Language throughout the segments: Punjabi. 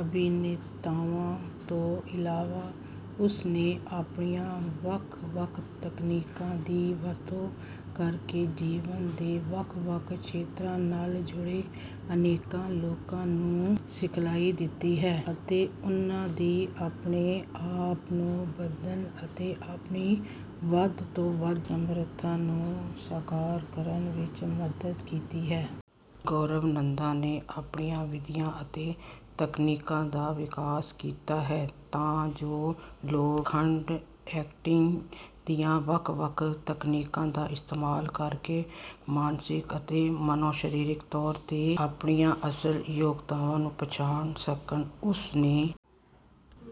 ਅਭਿਨੇਤਾਵਾਂ ਤੋਂ ਇਲਾਵਾ, ਉਸਨੇ ਆਪਣੀਆਂ ਵੱਖ-ਵੱਖ ਤਕਨੀਕਾਂ ਦੀ ਵਰਤੋਂ ਕਰਕੇ ਜੀਵਨ ਦੇ ਵੱਖ-ਵੱਖ ਖੇਤਰਾਂ ਨਾਲ ਜੁੜੇ ਅਨੇਕਾਂ ਲੋਕਾਂ ਨੂੰ ਸਿਖਲਾਈ ਦਿੱਤੀ ਹੈ ਅਤੇ ਉਨ੍ਹਾਂ ਦੀ ਆਪਣੇ ਆਪ ਨੂੰ ਬਦਲਣ ਅਤੇ ਆਪਣੀ ਵੱਧ ਤੋਂ ਵੱਧ ਸਮਰੱਥਾ ਨੂੰ ਸਾਕਾਰ ਕਰਨ ਵਿੱਚ ਮਦਦ ਕੀਤੀ ਹੈ। ਗੌਰਵ ਨੰਦਾ ਨੇ ਆਪਣੀਆਂ ਵਿਧੀਆਂ ਅਤੇ ਤਕਨੀਕਾਂ ਦਾ ਵਿਕਾਸ ਕੀਤਾ ਹੈ ਤਾਂ ਜੋ ਲੋਕ ਮੈਥਡ ਐਕਟਿੰਗ ਦੀਆਂ ਵੱਖ-ਵੱਖ ਤਕਨੀਕਾਂ ਦਾ ਇਸਤੇਮਾਲ ਕਰਕੇ ਮਾਨਸਿਕ ਅਤੇ ਮਨੋਸਰੀਰਿਕ ਤੌਰ 'ਤੇ ਆਪਣੀਆਂ ਅਸਲ ਯੋਗਤਾਵਾਂ ਨੂੰ ਪਛਾਣ ਸਕਣ। ਉਸਨੇ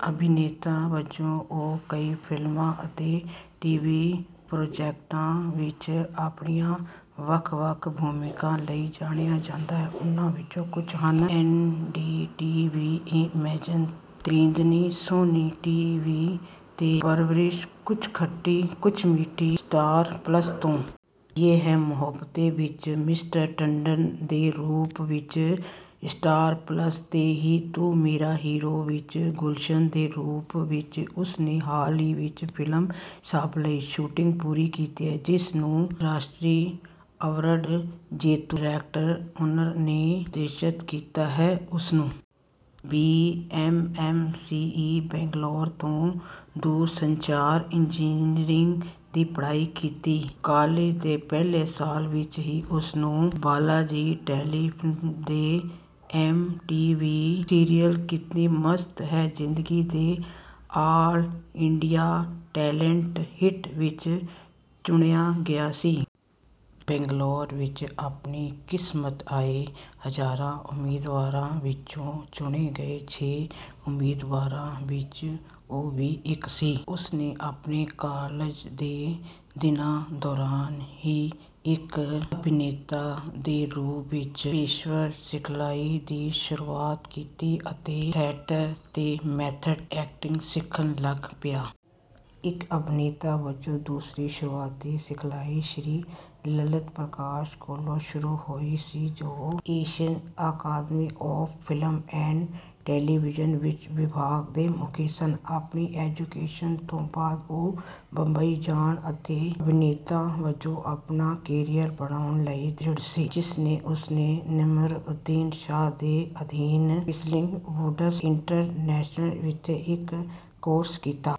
ਅਭਿਨੇਤਾ ਵਜੋਂ, ਉਹ ਕਈ ਫਿਲਮਾਂ ਅਤੇ ਟੀਵੀ ਪ੍ਰੋਜੈਕਟਾਂ ਵਿੱਚ ਆਪਣੀਆਂ ਵੱਖ-ਵੱਖ ਭੂਮਿਕਾਵਾਂ ਲਈ ਜਾਣਿਆ ਜਾਂਦਾ ਹੈ; ਉਨ੍ਹਾਂ ਵਿੱਚੋਂ ਕੁੱਝ ਹਨ:ਐਨ.ਡੀ.ਟੀ.ਵੀ ਇਮੇਜਿਨ 'ਤੇ 'ਬੰਦਿਨੀ'ਸੋਨੀ ਟੀਵੀ 'ਤੇ 'ਪਰਵਰਿਸ਼ - ਕੁੱਛ ਖੱਟੀ ਕੁੱਛ ਮਿੱਠੀ'ਸਟਾਰ ਪਲੱਸ 'ਤੇ 'ਯੇਹ ਹੈ ਮੁਹੱਬਤੇਂ' ਵਿੱਚ 'ਮਿਸਟਰ ਟੰਡਨ' ਦੇ ਰੂਪ ਵਿੱਚਸਟਾਰ ਪਲੱਸ 'ਤੇ ਹੀ 'ਤੂ ਮੇਰਾ ਹੀਰੋ' ਵਿੱਚ 'ਗੁਲਸ਼ਨ' ਦੇ ਰੂਪ ਵਿੱਚਉਸਨੇ ਹਾਲ ਹੀ ਵਿੱਚ ਫਿਲਮ 'ਸ਼ਾਬ' ਲਈ ਸ਼ੂਟਿੰਗ ਪੂਰੀ ਕੀਤੀ ਹੈ, ਜਿਸ ਨੂੰ ਰਾਸ਼ਟਰੀ ਅਵਾਰਡ ਜੇਤੂ ਡਾਇਰੈਕਟਰ ਓਨਿਰ ਨੇ ਨਿਰਦੇਸ਼ਤ ਕੀਤਾ ਹੈ। ਉਸਨੇ ਬੀ.ਐਮ.ਐਸ.ਸੀ.ਈ ਬੰਗਲੌਰ ਤੋਂ ਦੂਰਸੰਚਾਰ ਇੰਜੀਨੀਅਰਿੰਗ ਦੀ ਪੜ੍ਹਾਈ ਕੀਤੀ। ਕਾਲਜ ਦੇ ਪਹਿਲੇ ਸਾਲ ਵਿੱਚ ਹੀ ਉਸਨੂੰ ਬਾਲਾਜੀ ਟੈਲੀਫਿਲਮਜ਼ ਦੇ ਐੱਮ.ਟੀ.ਵੀ. ਸੀਰੀਅਲ 'ਕਿਤਨੀ ਮਸਤ ਹੈ ਜ਼ਿੰਦਗੀ' ਦੇ 'ਆਲ ਇੰਡੀਆ ਟੈਲੇਂਟ ਹੰਟ' ਵਿੱਚ ਚੁਣਿਆ ਗਿਆ ਸੀ। ਬੰਗਲੌਰ ਵਿੱਚ ਆਪਣੀ ਕਿਸਮਤਆਏ ਹਜ਼ਾਰਾਂ ਉਮੀਦਵਾਰਾਂ ਵਿੱਚੋਂ ਚੁਣੇ ਗਏ ਛੇ ਉਮੀਦਵਾਰਾਂ ਵਿੱਚ ਉਹ ਵੀ ਇੱਕ ਸੀ। ਉਸਨੇ ਆਪਣੇ ਕਾਲਜ ਦੇ ਦਿਨਾਂ ਦੌਰਾਨ ਹੀ ਇੱਕ ਅਭਿਨੇਤਾ ਦੇ ਰੂਪ ਵਿੱਚ ਪੇਸ਼ੇਵਰ ਸਿਖਲਾਈ ਦੀ ਸ਼ੁਰੂਆਤ ਕੀਤੀ ਅਤੇ ਥੀਏਟਰ 'ਤੇ ਮੈਥਡ ਐਕਟਿੰਗ ਸਿੱਖਣ ਲੱਗ ਪਿਆ। ਇੱਕ ਅਭਿਨੇਤਾ ਵਜੋਂ ਉਸਦੀ ਸ਼ੁਰੂਆਤੀ ਸਿਖਲਾਈ ਸ਼੍ਰੀ ਲਲਿਤ ਪ੍ਰਕਾਸ਼ ਕੋਲੋਂ ਸ਼ੁਰੂ ਹੋਈ, ਜੋ Asian academy of film and television ਵਿੱਚ ਵਿਭਾਗ ਦੇ ਮੁਖੀ ਸਨ। ਆਪਣੀ ਗ੍ਰੈਜੂਏਸ਼ਨ ਤੋਂ ਬਾਅਦ, ਉਹ ਮੁੰਬਈ ਜਾਣ ਅਤੇ ਅਭਿਨੇਤਾ ਵਜੋਂ ਆਪਣਾ ਕੈਰੀਅਰ ਬਣਾਉਣ ਲਈ ਦ੍ਰਿੜ ਸੀ, ਜਿੱਥੇ ਉਸਨੇ ਨਸੀਰੂਦੀਨ ਸ਼ਾਹ ਦੇ ਅਧੀਨ 'ਵਿਸਲਿੰਗ ਵੁਡਸ ਇੰਟਰਨੈਸ਼ਨਲ' ਵਿਖੇ ਇੱਕ ਕੋਰਸ ਕੀਤਾ।